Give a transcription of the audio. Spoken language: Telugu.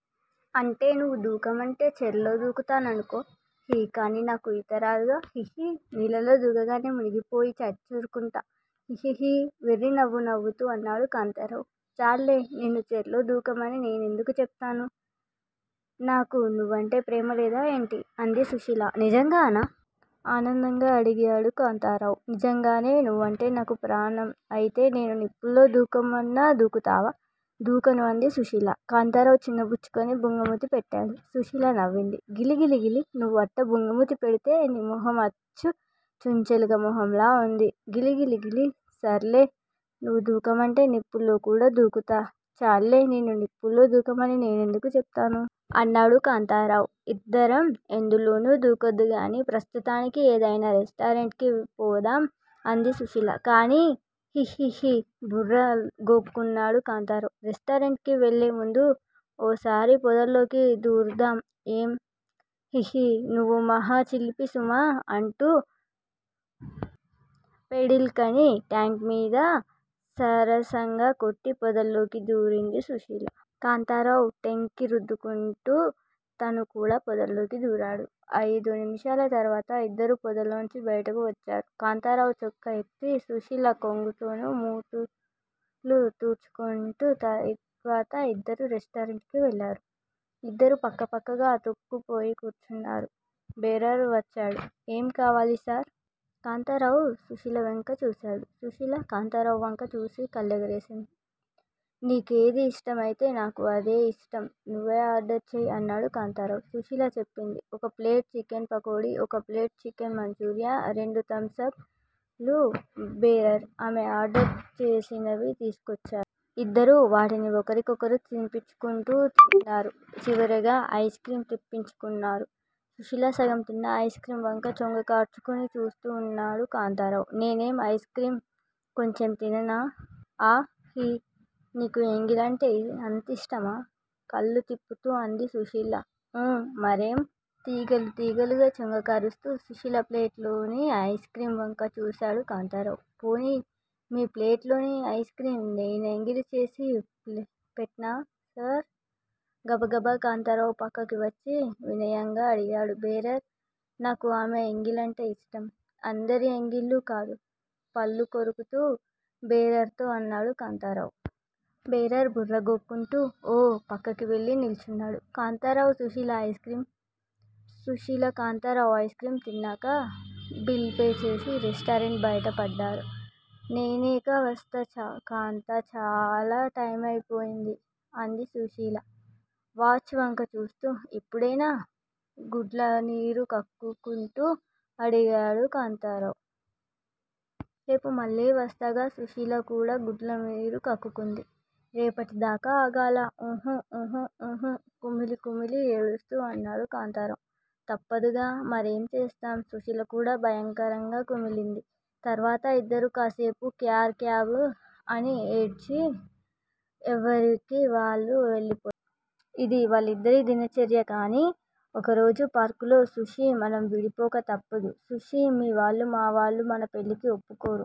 అంటే నువ్వు దూకమంటే చర్లో దూకుతాననుకో హి కానీ నాకు ఈతరాదుగా! హిహి నీళ్లలో దూకగానే మునిగిపోయి చచ్చూరుకుంటా హిహిహి వెర్రి నవ్వు నవ్వుతూ అన్నాడు కాంతారావు. చాల్లే నిన్ను చెర్లో దూకమని నేనెందుకు చెప్తాను? నాకు నువ్వంటే ప్రేమలేదా ఏంటి? అంది సుశీల. నిజంగానా? ఆనందంగా అడిగాడు కాంతారావు. నిజంగానే నువ్వంటే నాకు ప్రాణం అయితే నేను నిప్పుల్లో దూకమన్నా దూకుతావా?. దూకను అంది సుశీల. కాంతారావ్ చిన్నబుచ్చుకుని బుంగమూతి పెట్టాడు. సుశీల నవ్వింది. గిలి గిలిగిలి నువ్వట్టా బుంగమూతి పెడ్తే నీ మొహం అచ్చు చుంచెలక మొహంలా ఉంది గిలి గిలిగిలి సర్లే నువ్ దూకమంటే నిప్పుల్లో కూడా దూకుతా చాల్లే నిన్ను నిప్పుల్లో దూకమని నేనెందుకు చెప్తానూ? అన్నాడు కాంతారావ్. ఇద్దరం ఎందులోనూ దూకొద్దుగానీ ప్రస్తుతానికి ఏదైనా రెస్టారెంట్ కి పోదాం అంది సుశీల. కానీ హి హిహి బుర్ర గోక్కున్నాడు కాంతారావ్. రెస్టారెంట్ కి వెళ్ళే ముందు ఓసారి పొదలోకి దూర్దాం ఏం? హిహి నువ్వు మహా చిలిపి సుమా అంటూ ఫెడీల్మని టెంకిమీద సరసంగా కొట్టి పొదలోకి దూరింది సుశీల. కాంతారావ్ టెంకి రుద్దుకుంటూ తను కూడా పొదలోకి దూరాడు. అయిదు నిమిషాల తర్వాత ఇద్దరూ పోదలోంచి బయటకు వచ్చారు. కాంతారావు చొక్కా ఎత్తి, సుశీల కొంగుతోనూ మూతులు తుడ్చుకుంటూ. తర్వాత ఇద్దరూ రెస్టారెంట్ కి వెళ్ళారు. ఇద్దరూ పక్కపక్కగా అతుక్కుపోయి కూర్చున్నారు. బేరార్ వచ్చాడు. ఏం కావాలి సార్? కాంతారావు సుశీల వంక చూశాడు. సుశీల కాంతారావు వంక చూసి కళ్లెగరేసింది. నీకేది ఇష్టమైతే నాకూ అదే ఇష్టం నువ్వే ఆర్డర్ చెయ్యి అన్నాడు కాంతారావు. సుశీల చెప్పింది ఒక ప్లేట్ చికెన్ పకోడి ఒక ప్లేట్ చికెన్ మంచూరియా రెండు థమ్స్ అప్ లు బేరర్ ఆమె ఆర్డర్ చేసినవి తీస్కోచ్చాడు. ఇద్దరూ వాటిని ఒకరికొకరు తినిపించుకుంటూ తిన్నారు. చివరగా ఐస్క్రీం తెప్పించుకున్నారు. సుశీల సగం తిన్న ఐస్ర్కీం వంక చొంగ కార్చుకుని చూస్తూ అన్నాడు కాంతారావ్. నేనా ఐస్ర్కీం కొంచెం తిననా? ఆ! హి! నీకు ఎంగిలంటే అంతిష్టమా? కళ్ళు తిప్పుతూ అంది సుశీల. ఊ మరేం! తీగెలు తీగెలుగా చొంగకారుస్తూ సుశీల ప్లేట్ లోని ఐస్ర్కీం వంక చూశాడు కాంతారావ్. పోనీ! మీ ప్లేట్ లోని ఐస్ర్కీం నేను ఎంగిలి చేసి పెట్నా సార్? గబగబా కాంతారావ్ పక్కకి వచ్చి వినయంగా అడిగాడు బేరర్. నాకు ఆమె ఎంగిలంటే ఇష్టం అందరి ఎంగిళ్ళూ కాదు పళ్ళు కొరుకుతూ బేరర్ తో అన్నాడు కాంతారావ్. బేరర్ బుర్ర గోక్కుంటూ ఓ పక్కకి వెళ్ళి నిల్చున్నాడు. కాంతారావు సుశీల ఐస్ర్కీం, సుశీల కాంతారావు ఐస్ర్కీం తిన్నాక బిల్ పే చేసి రెస్టారెంట్ బయటపడ్డారు. నేనిక వస్తా కాంతా చాలా టైమైపోయింది అంది సుశీల వాచ్ వంక చూస్తూ. అప్పుడేనా? గుడ్లనీరు కక్కుకుంటూ అడిగాడు కాంతారావ్. రేపు మళ్ళీ వస్తాగా సుశీల కూడా గుడ్లనీరు కక్కుకుంది. రేపటిదాకా ఆగాలా? ఉహు ఉహు ఉహు కుమిలి కుమిలి ఏడుస్తూ అన్నాడు కాంతారావ్. తప్పదుగా మరేం చేస్తాం? సుశీల కూడా భయకరంగా కుమిలింది. తర్వాత ఇద్దరూ కాస్సేపు క్యార్ బ్యార్ అని ఏడ్చి ఎవరిళ్ళకి వాళ్ళు వెళ్ళిపోయారు. ఇది వాళ్లిద్దరి దినచర్య. కానీ ఒకరోజు పార్కులో సుశ్శీ మనం విడిపోక తప్పదు సుశ్శీ మీ వాళ్ళూ మా వాళ్ళూ మన పెళ్ళికి ఒప్పుకోరు.